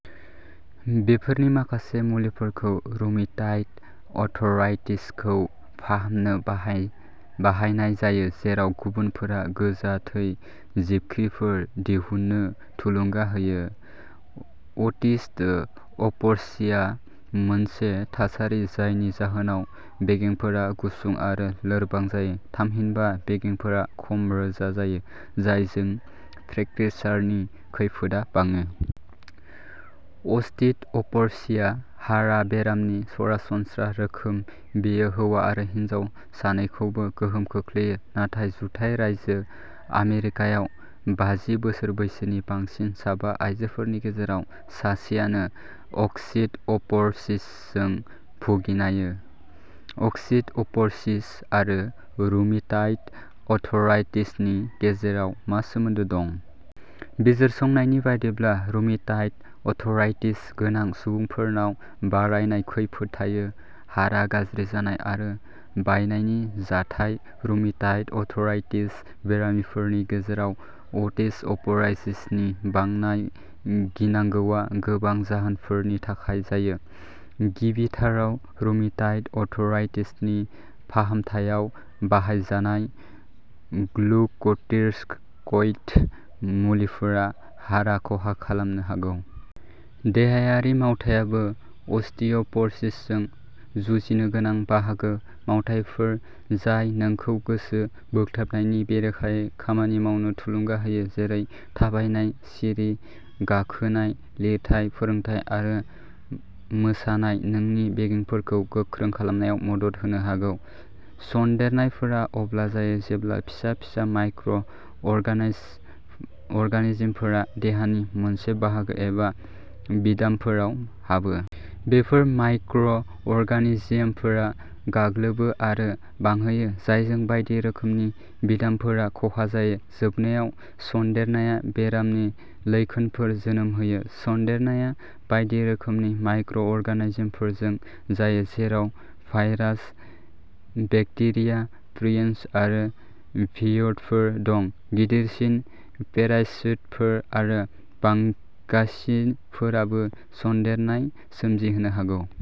बेफोरनि माखासे मुलिफोरखौ रुमेटिइड आर्थराइटिसखौ फाहामनो बाहाय बाहायनाय जायो, जेराव गुबुनफोरा गोजा थै जिबख्रिफोर दिहुन्नो थुलुंगा होयो। अस्टिअपरसिआ मोनसे थासारि जायनि जाहोनाव बेगेंफोरा गुसुं आरो लोरबां जायो। थामहिनबा बेगेंफोरा खम रोजा जायो, जायजों फ्रेकचारनि खैफोदआ बाङो। अस्टिअपरसिआ हारा बेरामनि सरासनस्रा रोखोम। बेयो हौवा आरो हिनजाव सानैखौबो गोहोम खोख्लैयो। नाथाय, जुथाइ रायजो आमेरिकायाव बाजि बोसोर बैसोनि बांसिन साबा आइजोफोरनि गेजेराव सासेआनो अस्टिअपरसिसजों भुगिनाययो। अस्टिअपरसिस आरो रुमेटिइड आर्थराइटिसनि गेजेराव मा सोमोन्दो दं? बिजिरसंनायनि बायदिब्ला, रुमेटिइड आर्थराइटिस गोनां सुबुंफोरनाव बारायनाय खैफोद थायो। हारा गाज्रि जानाय आरो बायनायनि जाथाय। रुमेटइड आर्थराइटिस बेरामिफोरनि गेजेराव अस्टिअपरसिसनि बांनाय गिनांगौआ गोबां जाहोनफोरनि थाखाय जायो। गिबिथाराव, रुमेटइड आर्थराइटिसनि फाहामथायाव बाहायजानाय ग्लुक'कर्टिकइड मुलिफोरा हारा खहा खालामनो हागौ। देहायारि मावथायाबो अस्टिय'पर'सिसजों जुजिनो गोनां बाहागो। मावथायफोर जाय नोंखौ गोसो बोगथाबनायनि बेरेखायै खामानि मावनो थुलुंगा होयो। जेरै थाबायनाय, सिरि गाखोनाय, लिरथाय फोरोंथाय आरो मोसानाय नोंनि बेगेंफोरखौ गोख्रों खालामनायाव मदद होनो हागौ। सनदेरनायफोरा अब्ला जायो जेब्ला फिसा फिसा माइक्र' अरगानेज अरगानिजमफोरा देहानि मोनसे बाहागो एबा बिदामफोराव हाबो। बेफोर माइक्र'अरगानिजमफोरा गाग्लोबो आरो बांहोयो, जायजों बायदि रोखोमनि बिदामफोरा खहा जायो। जोबनायाव, सनदेरनाया बेरामनि लैखोनफोर जोनोम होयो। सन्देरनाया बायदि रोखोमनि माइक्र'अरगानिजमफोरजों जायो, जेराव भाइरास, बेक्टेरिया, प्रिय'न्स आरो भिरइडफोर दं। गिदिरसिन पेरासइटफोर आरो फांगासिनफोराबो सन्देरनाय सोमजिहोनो हागौ।